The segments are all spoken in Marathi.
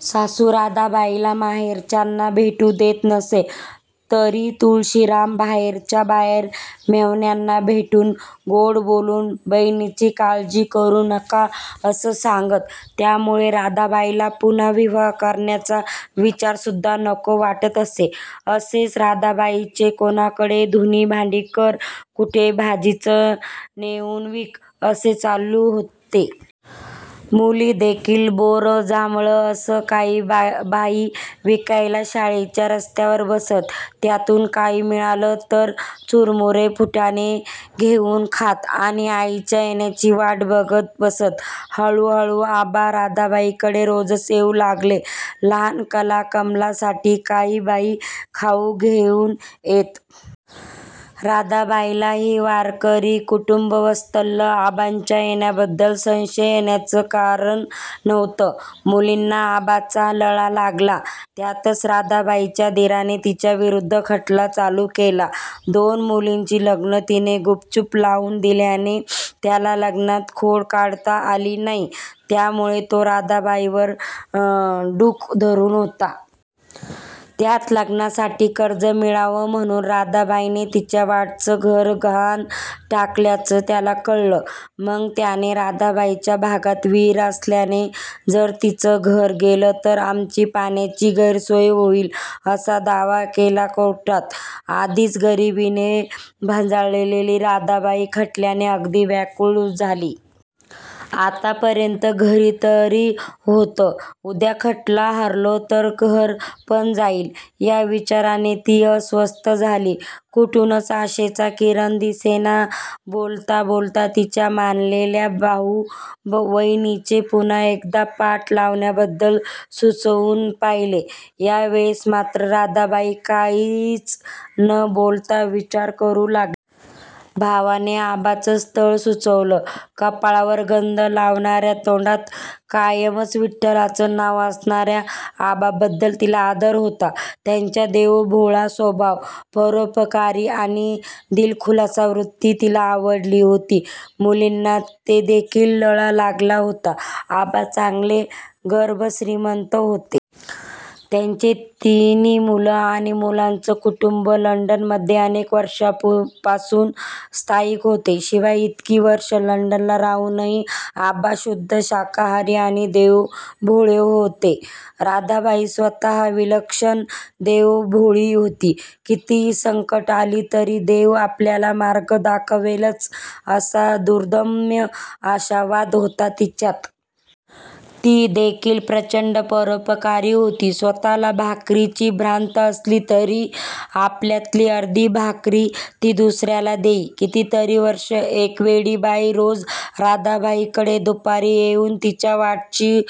सासू राधाबाईला माहेरच्यांना भेटू देत नसे तरी तुळशीराम बाहेरच्या बाहेर मेव्हण्यांना भेटून, गोड बोलून "बहिणीची काळजी करू नका", असं सांगत. त्यामुळे राधाबाईला पुन्हा विवाह करण्याचा विचारसुद्धा नको वाटत असे. असेच राधाबाईचे कोणाकडे धुणी-भांडी कर, कुठे भाजीच नेऊन विक, असे चालू होते. मुली देखील बोरं- जांभळं असं काहीबाही विकायला शाळेच्या रस्त्यावर बसत. त्यातून काही मिळालं तर चुरमुरे फुटाणे घेऊन खात आणि आईच्या येण्याची वाट बघत बसत. हळू हळू आबा राधाबाईकडे रोजच येऊ लागले. लहान कला-कमला साठी काहीबाही खाऊ घेऊन येत. राधाबाईलाही वारकरी, कुटुंबवत्सल आबांच्या येण्याबद्दल संशय येण्याचं कारण नव्हतं. मुलींना आबांचा लळा लागला. त्यातच राधाबाईच्या दिराने तिच्याविरुद्ध खटला चालू केला. दोन मुलींची लग्न तिने गुपचूप लावून दिल्याने त्याला लग्नात खोड काढता आली नाही, त्यामुळे तो राधाबाईवर डूख धरून होता. त्यात लग्नासाठी कर्ज मिळावं म्हणून राधाबाईने तिच्या वाटचं घर गहाण टाकल्याचं त्याला कळलं. मग त्याने राधाबाईच्या भागात विहीर असल्याने जर तिचं घर गेलं तर आमची पाण्याची गैरसोय होईल, असा दावा केला कोर्टात. आधीच गरिबीने भंजाळलेली राधाबाई खटल्याने अगदीच व्याकुळ झाली. आतापर्यंत घर तरी होतं. उद्या खटला हरलो तर घर पण जाईल, या विचाराने ती अस्वस्थ झाली. कुठूनच आशेचा किरण दिसेना. बोलता बोलता तिच्या मानलेल्या भाऊ-वाहिनीने पुन्हा एकदा पाट लावण्याबद्दल सुचवून पहिले. यावेळेस मात्र राधाबाई काहीच न बोलता विचार करू लागली. भावाने आबांचं स्थळ सुचवलं. कपाळावर गंध लावणाऱ्या, तोंडात कायम विठ्ठलाचं नाव असणाऱ्या आबांबद्दल तिला आदर होता. त्यांचा देवभोळा स्वभाव, परोपकारी आणि दिलखुलास वृत्ती तिला आवडली होती. मुलींना देखील लळा लागला होता. आबा चांगले गर्भश्रीमंत होते. त्यांचे तिन्ही मुलं आणि मुलांचं कुटुंब लंडन मध्ये अनेक वर्षांपासून स्थायिक होते. शिवाय इतकी वर्षं लंडनला राहूनही आबा शुद्ध शाकाहारी आणि देवभोळे होते. राधाबाई स्वतः विलक्षण देवभोळी होती. कितीही संकटं आली तरी देव आपल्याला मार्ग दाखवेलच, असा दुर्दम्य आशावाद होता तिच्यात. ती देखील प्रचंड परोपकारी होती. स्वतःला भाकरीची भ्रांत असली तरी आपल्यातली अर्धी भाकरी ती दुसऱ्याला देई. कितीतरी वर्षं एक वेडी बाई रोज राधाबाईकडे दुपारी येऊन तिच्या वाटची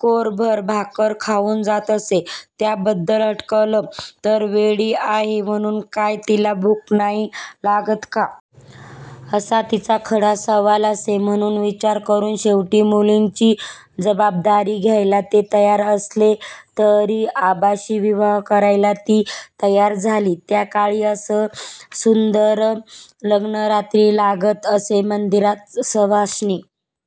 कोरभर भाकर खाऊन जात असे. त्याबद्दल हटकलं तर 'वेडी आहे म्हणून काय तिला भूक नाही लागत का? " असा तिचा खडा सवाल असे. खूप विचार करून शेवटी मुलींची जबाबदारी घ्यायला ते तयार असले, तर आबांशी विवाह करायला ती तयार झाली. त्याकाळी असं दुसरं लग्न रात्री लागत असे मंदिरांत. सवाष्णी